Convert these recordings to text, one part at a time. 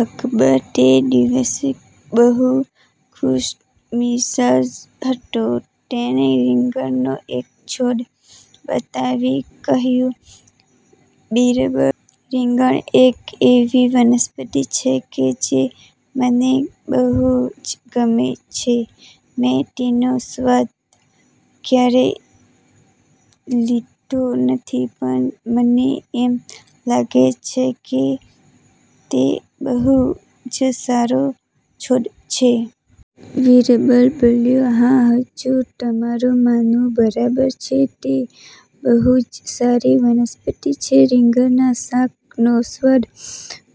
અકબર તે દિવસે બહુ ખુશમિજાજ હતો. તેણે રીંગણનો એક છોડ બતાવી કહ્યું; બિરબલ, રીંગણ એક એવી વનસ્પતિ છે કે જે મને બહુ જ ગમે છે. મેં તેનો સ્વાદ ક્યારેય લીધો નથી પણ મને એમ લાગે છે કે તે બહુ જ સારો છોડ છે. બિરબલ બોલ્યો; હા, હજૂર. તમારું માનવું બરાબર છે. તે બહુ જ સારી વનસ્પતિ છે. રીંગણના શાકનો સ્વાદ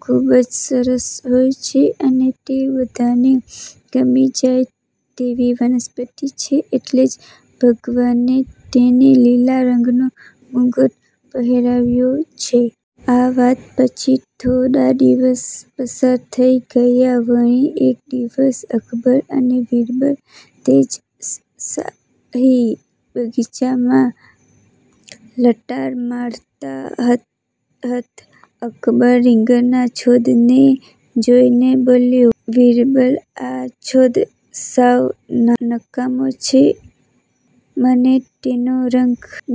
ખૂબ જ સરસ હોય છે અને તે બધાને ગમી જાય તેવી વનસ્પતિ છે. એટલે જ ભગવાને તેનૅ લીલા રંગનો મુગટ પહેરાવ્યો છે. આ વાત પછી થોડા દિવસ પસાર થઈ ગયા. વળી એક દિવસ અકબર અને બિરબલ તે જ શાહી બગીચામાં લટાર મારતા હત અકબર રીંગણના છોડને જોઈને બોલ્યો; બિરબલ, આ છોડ સાવ નકામો છે. મને તેનો રંગ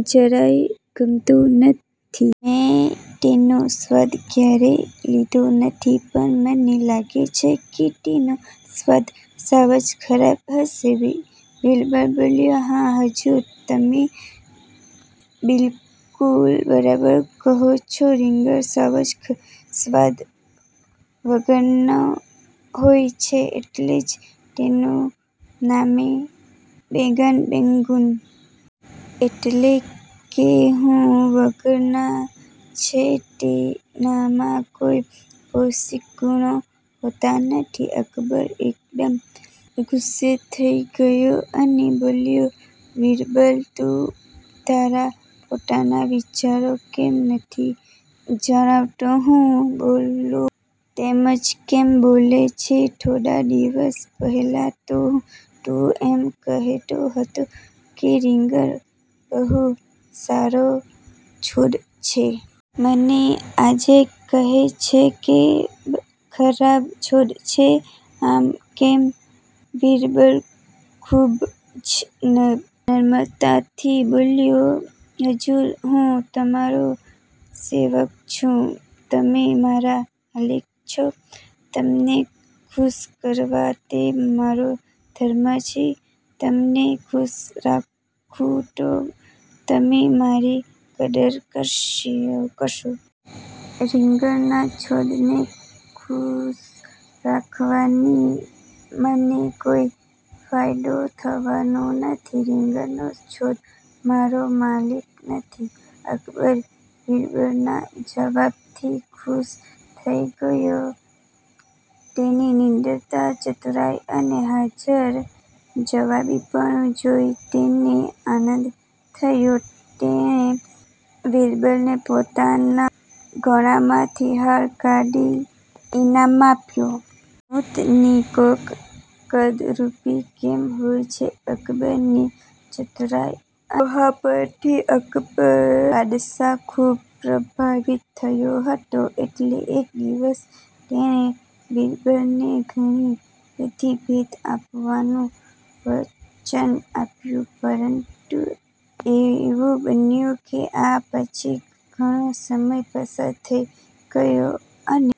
જરા ય ગમતો નથી. મેં તેનો સ્વાદ ક્યારેય લીધો નથી પણ મને લાગે છે કે તેનો સ્વાદ સાવ જ ખરાબ હશે. બિરબલ બોલ્યો; હા, હજૂર. તમે બિલકુલ બરાબર કહો છો. રીંગણ સાવ જ સ્વાદ વગરના હોય છે. એટલે જ તેનું નામે "બેંગન" બેંગુન.. એટલે કે ગૂણ વગરના છે.. તેનામાં કોઈ પૌષ્ટિક ગુણો હોતા નથી. અકબર એકદમ ગુસ્સે થઈ ગયો અને બોલ્યો; બિરબલ, તું તારા પોતાના વિચારો કેમ નથી જણાવતો? હું બોલું તેમ જ કેમ બોલે છે? થોડા દિવસ પહેલાં તો તુ એમ કહેતો હતો કે રીંગણ બહુ સારો છોડ છે. અને આજે કહે છે કે ખરાબ છોડ છે. આમ કેમ્? બિરબલ ખૂબ જ નમ્રતાથી બોલ્યો; હજૂર, હું તમારો સેવક છું. તમે મારા માલિક છો. તમને ખુશ કરવા તે મારો ધર્મ છે. તમને ખુશ રાખું તો તમે મારી કદર કરશો. રીંગણના છોડને ખુશ રાખવાથી મને કોઈ ફાયદો થવાનો નથી. રીંગણનો છોડ મારો માલિક નથી. અકબર બિરબલના જવાબથી ખુશ થઈ ગયો. તેની નીડરતા, ચતુરાઈ અને હાજર જવાબીપણું જોઈ તેને આનંદ થયો. તેણે બિરબલને પોતાના ગળામાંથી હાર કાઢી ઈનામમાં આપ્યો. ઊંટની ડોક કદરુપી કેમ હોય છે? બિરબલની ચતુરાઈ અને ડહાપણથી અકબર બાદશાહ ખૂબ પ્રભાવિત થયો હતો. એટલે એક દિવસ તેણે બિરબલને ઘણી બધી ભેટ આપવાનું વચન આપ્યું. પરંતુ એવું બન્યું કે આ પછી ઘણો સમય પસાર થઈ ગયો અને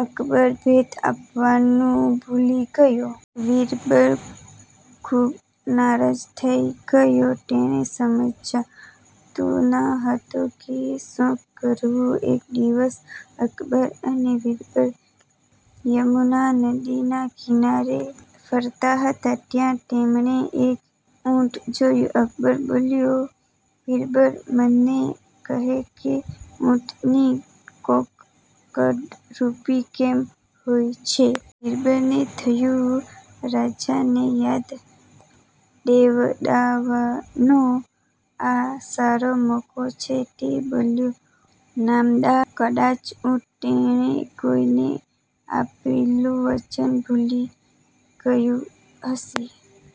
અકબર ભેટ આપવાનું ભૂલી ગયો. બિરબલ ખૂબ નારાજ થઈ ગયો. તેને સમજાતું ન હતું કે શું કરવું? એક દિવસ અકબર અને બિરબલ યમુના નદીના કિનારે ફરતા હતા. ત્યાં તેમણે એક ઊંટ જોયું. અકબર બોલ્યો; બિરબલ, મને કહે કે ઊંટની ડોક કદરુપી કેમ હોય છે? બિરબલને થયું, રાજાને યાદ દેવડાવવાનો આ સારો મોકો છે. તે બોલ્યો; નામદાર, કદાચ ઊંટ, તેણે કોઈને આપેલું વચન ભૂલી ગયું હશે.